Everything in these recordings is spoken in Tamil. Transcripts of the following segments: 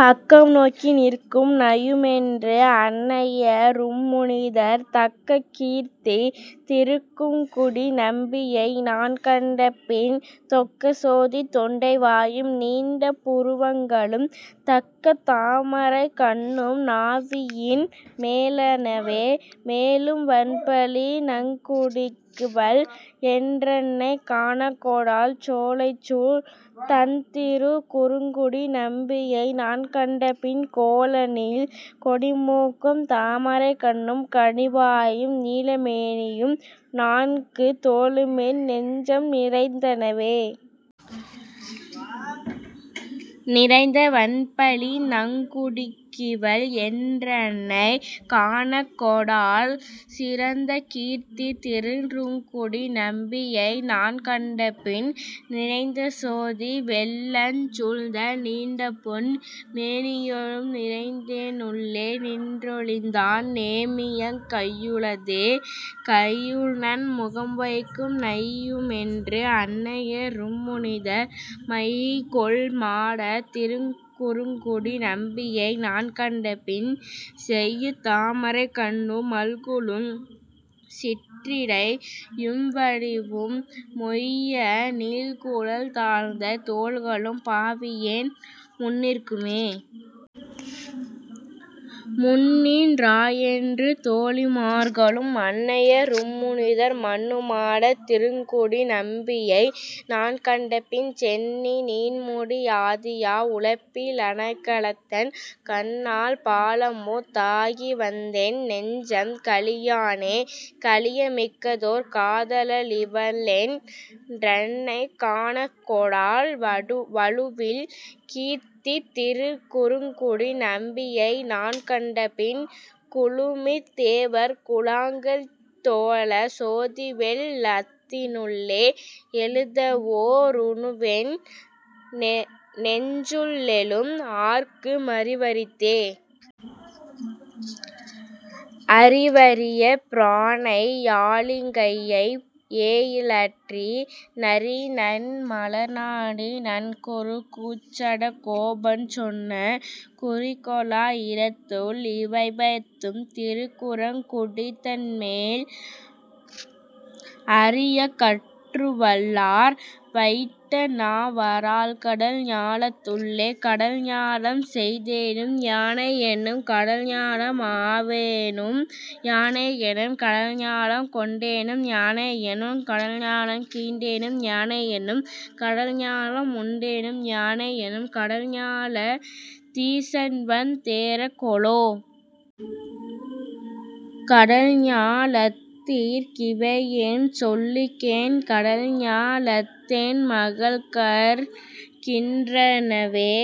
பக்கம்நோக்கி நிற்கும் நையுமென்று। அன்னைய ரும்முனிதிர், தக்ககீர்த்திக் திருக்கு றுங்குடி நம்பியை நான்கண்டபின் தொக்கசோதித் தொண்டை வாயும் நீண்ட புருவங்களும், தக்கதாமரைக் கண்ணும் னாவியின் மேலனவே.. மேலும் வன்பழி நங்குடிக்கிவள் என்றன்னை காணக்கொடாள் சோலைசூழ் தண்திருக் குறுங்குடி நம்பியை நான்கண்டபின், கோலநீள் கொடிமூக்கும் தாமரைக் கண்ணும் கனிவாயும், நீலமேனியும் நான்கு தோளுமென் நெஞ்சம் நிறைந்தனவே.. நிறைந்த வன்பழி நங்குடிக்கிவள் என்றன்னை காணக்கொடாள் சிறந்தகீர்த்தித் திருக்கு றுங்குடி நம்பியை நான்கண்டபின், நிறைந்தசோதி வெள்ளஞ் சூழ்ந்த நீண்டபொன் மேனியொடும் நிறைந்தென் னுள்ளே நின்றொழிந்தான் நேமியங் கையுளதே.. கையுள்நன் முகம்வைக்கும் நையுமென்று அன்னைய ரும்முனிதிர், மைகொள் மாடத் திருக்குறுங்குடி நம்பியை நான்கண்டபின், செய்யதாமரைக் கண்ணு மல்குலும் சிற்றிடை யும்வடிவும், மொய்யநீள்குழல் தாழ்ந்த தோள்களும் பாவியேன் முன்னிற்குமே.. முன்னின் றாயென்று தோழிமார்களும் அன்னைய ரும்முனிதிர், மன்னு மாடத் திருக்குறுங்குடி நம்பியை நான்கண்டபின், சென்னி நீண்முடி யாதியாய உலப்பி லணிகலத்தன், கன்னல் பாலமு தாகிவந்தென் நெஞ்சம் கழியானே.. கழியமிக்கதோர் காதல ளிவளென் றன்னை காணக்கொடாள், வழுவில் கீர்த்தித் திருக்குறுங்குடி நம்பியை நான்கண்டபின், குழுமித் தேவர் குழாங்கள்தொழச் சோதிவெள் ளத்தினுள்ளே, எழுவதோ ருருவென் னெஞ்சுள்ளெழும் ஆர்க்கு மறிவரிதே. அறிவரிய பிரானை யாழியங்கையனை யேயலற்றி, நறியநன் மலர்நாடி நன்குருகூர்ச்சடகோபன் சொன்ன, குறிகொளா யிரத்துள் ளிவைபத்தும் திருக்குறுங் குடியதன்மேல் அறியக் கற்றுவல்லார் வைட்டணவராழ்கடல் ஞாலத்துள்ளே. கடல்ஞாலம் செய்தேனும் யானே என்னும் கடல்ஞாலம் ஆவேனும் யானே என்னும், கடல்ஞாலம் கொண்டேனும் யானே என்னும் கடல்ஞாலம் கீண்டேனும் யானே என்னும், கடல்ஞாலம் முண்டேனும் யானே என்னும் கடல்ஞாலத் தீசன்வந் தேறக் கொலோ?, கடல்ஞா லத்தீர்க் கிவையென் சொல்லுகேன் கடல்ஞா லத்தென் மகள்கற் கின்றனவே?.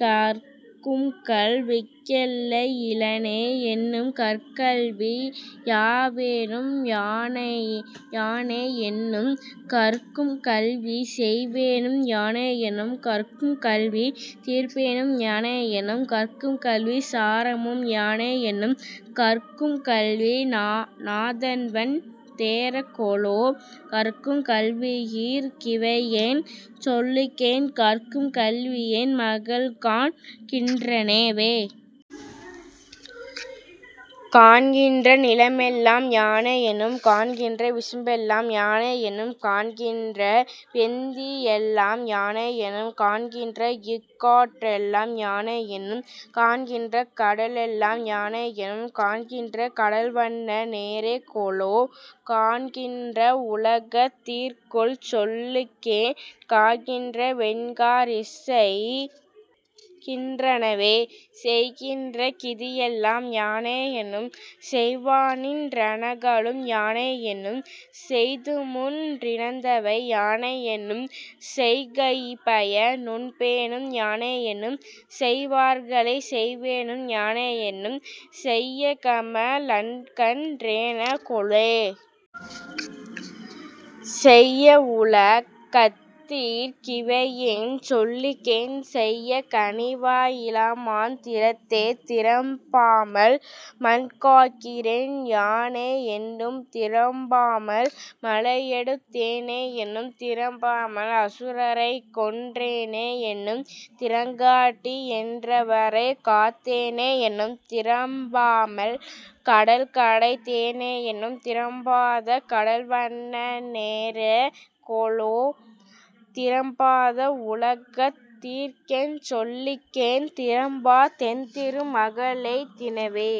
கற்கும்கல் விக்கெல்லை யிலனே என்னும் கற்கும்கல்வி யாவேனும் யானே என்னும், கற்கும்கல்வி செய்வேனும் யானே என்னும் கற்கும்கல்வி தீர்ப்பேனும் யானே என்னும், கற்கும்கல்விச் சாரமும் யானே என்னும் கற்கும்கல்வி நாதன்வன் தேறக் கொலோ?, கற்கும் கல்வியீர்க் கிவையென் சொல்லுகேன் கற்கும் கல்வியென் மகள்காண் கின்றனவே?. காண்கின்ற நிலமெல்லாம் யானே என்னும் காண்கின்ற விசும்பெல்லாம் யானே என்னும், காண்கின்ற வெந்தீயெல்லாம் யானே என்னும் காண்கின்ற இக்காற்றெல்லாம் யானே என்னும், காண்கின்ற கடலெல்லாம் யானே என்னும் காண்கின்ற கடல்வண்ண னேறக் கொலோ? காண்கின்ற வுலகத் தீர்க்கென் சொல்லுகேன் காண்கின்ற வென்கா ரிகைசெய் கின்றனவே?. செய்கின்ற கிதியெல்லாம் யானே என்னும் செய்வானின் றனகளும் யானே என்னும், செய்துமுன் னிறந்தனவும் யானே என்னும் செய்கைப்பய னுண்பேனும் யானே என்னும், செய்வார்களைச் செய்வேனும் யானே என்னும் செய்யகம லக்கண்ண னேறக் கொலோ? செய்யவுல கத்தீர்க் கிவையென் சொல்லுகேன் செய்ய கனிவா யிளமான் திறத்தே?. திறம்பாமல் மண்காக்கின்றேன் யானே என்னும் திறம்பாமல் மலையெடுத் தேனே என்னும், திறம்பாமல் அசுரரைக்கொன் றேனே என்னும் திறங்காட்டி யன்றைவரைக் காத்தேனே என்னும், திறம்பாமல் கடல்கடைந் தேனே என்னும் திறம்பாத கடல்வண்ண னேறக் கொலோ? திறம்பாத வுலகத் தீர்க்கென் சொல்லுகேன் திறம்பா தென்திரு மகளெய் தினவே?.